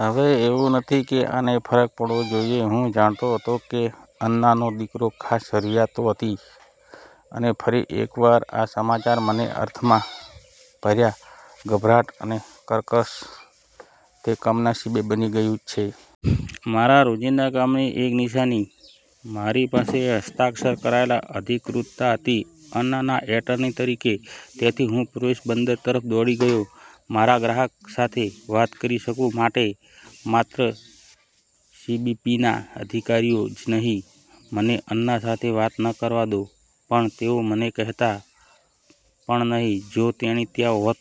હવે એવું નથી કે આને ફરક પડવો જોઈએ, હું જાણતો હતો કે અન્નાનો દીકરો ખાસ જરૂરિયાતો હતી અને ફરી એકવાર આ સમાચાર મને અર્થમાં ભર્યા ગભરાટ અને કર્કશ, તે કમનસીબે બની ગયું છે., મારા રોજિંદા કામની એક નિશાની. મારી પાસે હસ્તાક્ષર કરાયેલ અધિકૃતતા હતી, અન્નાના એટર્ની તરીકે ,તેથી હું પ્રવેશ બંદર તરફ દોડી ગયો. મારા ગ્રાહક સાથે વાત કરી શકું માટે માત્ર સીબીપીના અધિકારીઓ જ નહીં મને અન્ના સાથે વાત ન કરવા દો, પણ તેઓ મને કહેતા પણ નહીં જો તેણી ત્યાં હોત,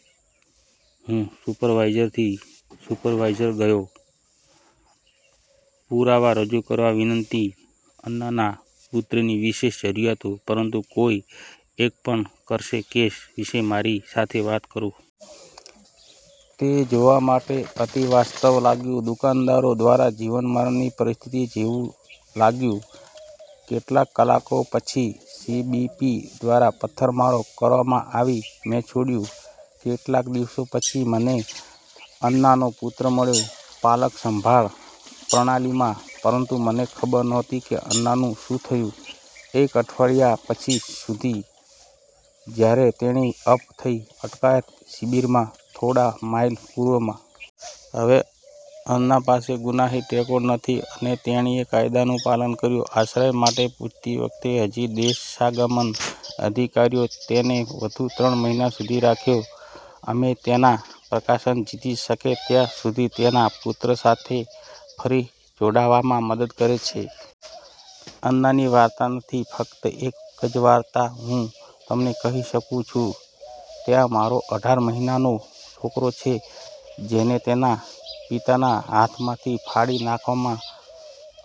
હું સુપરવાઇઝરથી સુપરવાઇઝર ગયો, પુરાવા રજૂ કરવા વિનંતી અન્નાના પુત્રની વિશેષ જરૂરિયાતો, પરંતુ કોઈ એક પણ કરશે કેસ વિશે મારી સાથે વાત કરો. તે જોવા માટે અતિવાસ્તવ લાગ્યું દુકાનદારો દ્વારા જીવન-મરણની પરિસ્થિતિ જેવું લાગ્યું. કેટલાક કલાકો પછી સીબીપી દ્વારા પથ્થરમારો કરવામાં આવી મેં છોડ્યું. કેટલાક દિવસો પછી, મને અન્નાનો પુત્ર મળ્યો પાલક-સંભાળ પ્રણાલીમાં. પરંતુ મને ખબર નહોતી કે અન્નાનું શું થયું એક અઠવાડિયા પછી સુધી, જ્યારે તેણી અપ થઈ અટકાયત શિબિરમાં થોડા માઇલ પૂર્વમાં. હવે, અન્ના પાસે ગુનાહિત રેકોર્ડ નથી અને તેણીએ કાયદાનું પાલન કર્યું. આશ્રય માટે પૂછતી વખતે હજી દેશાગમન અધિકારીઓ તેને વધુ ત્રણ મહિના સુધી રાખ્યો, અમે તેના પ્રકાશન જીતી શકે ત્યાં સુધી તેના પુત્ર સાથે ફરી જોડાવામાં મદદ કરે છે. અન્નાની વાર્તા નથી. ફક્ત એક જ વાર્તા હું તમને કહી શકું છું. ત્યાં મારો અઢાર મહિનાનો છોકરો છે, જેને તેના પિતાના હાથમાંથી ફાડી નાખવામાં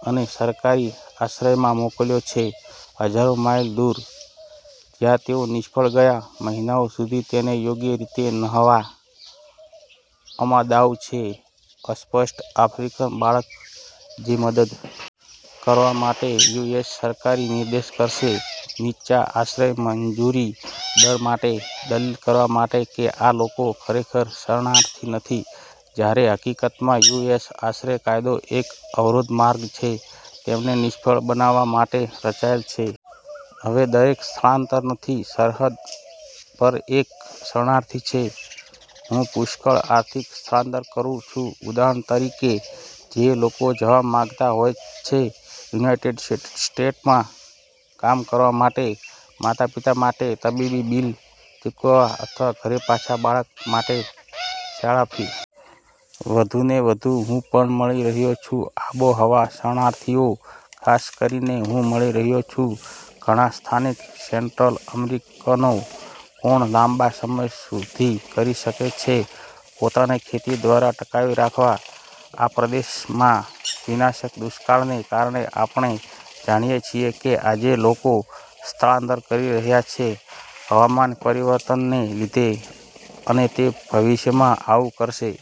અને સરકારી આશ્રયમાં મોકલ્યો છે હજારો માઇલ દૂર, જ્યાં તેઓ નિષ્ફળ ગયા મહિનાઓ સુધી તેને યોગ્ય રીતે નહાવા અમાદાઉ છે, અસ્પષ્ટ આફ્રિકન બાળક, જે। મદદ કરવા માટે. યુએસ સરકાર નિર્દેશ કરશે. નીચા આશ્રય મંજૂરી દર માટે દલીલ કરવા માટે કે આ લોકો ખરેખર શરણાર્થી નથી, જ્યારે હકીકતમાં, યુ. એસ. આશ્રય કાયદો એક અવરોધ માર્ગ છે .તેમને નિષ્ફળ બનાવવા માટે રચાયેલ છે. હવે દરેક સ્થળાંતર નથી સરહદ પર એક શરણાર્થી છે. હું પુષ્કળ આર્થિક સ્થળાંતર કરું છું. ઉદાહરણ તરીકે, જે લોકો જવા માંગતા હોય છે યુનાઇટેડ સ્ટેટ્સમાં કામ કરવા માટે, માતાપિતા માટે તબીબી બીલ ચૂકવવા અથવા ઘરે પાછા બાળક માટે શાળા ફી. વધુને વધુ, હું પણ મળી રહ્યો છું આબોહવા શરણાર્થીઓ. ખાસ કરીને, હું મળી રહ્યો છું ઘણા સ્થાનિક સેન્ટ્રલ અમેરિકનો કોણ લાંબા સમય સુધી કરી શકે છે, પોતાને ખેતી દ્વારા ટકાવી રાખવા. આ પ્રદેશમાં વિનાશક દુષ્કાળને કારણે આપણે જાણીએ છીએ કે આજે લોકો સ્થળાંતર કરી રહ્યા છે. હવામાન પરિવર્તનને લીધે, અને તે ભવિષ્યમાં આવું કરશે.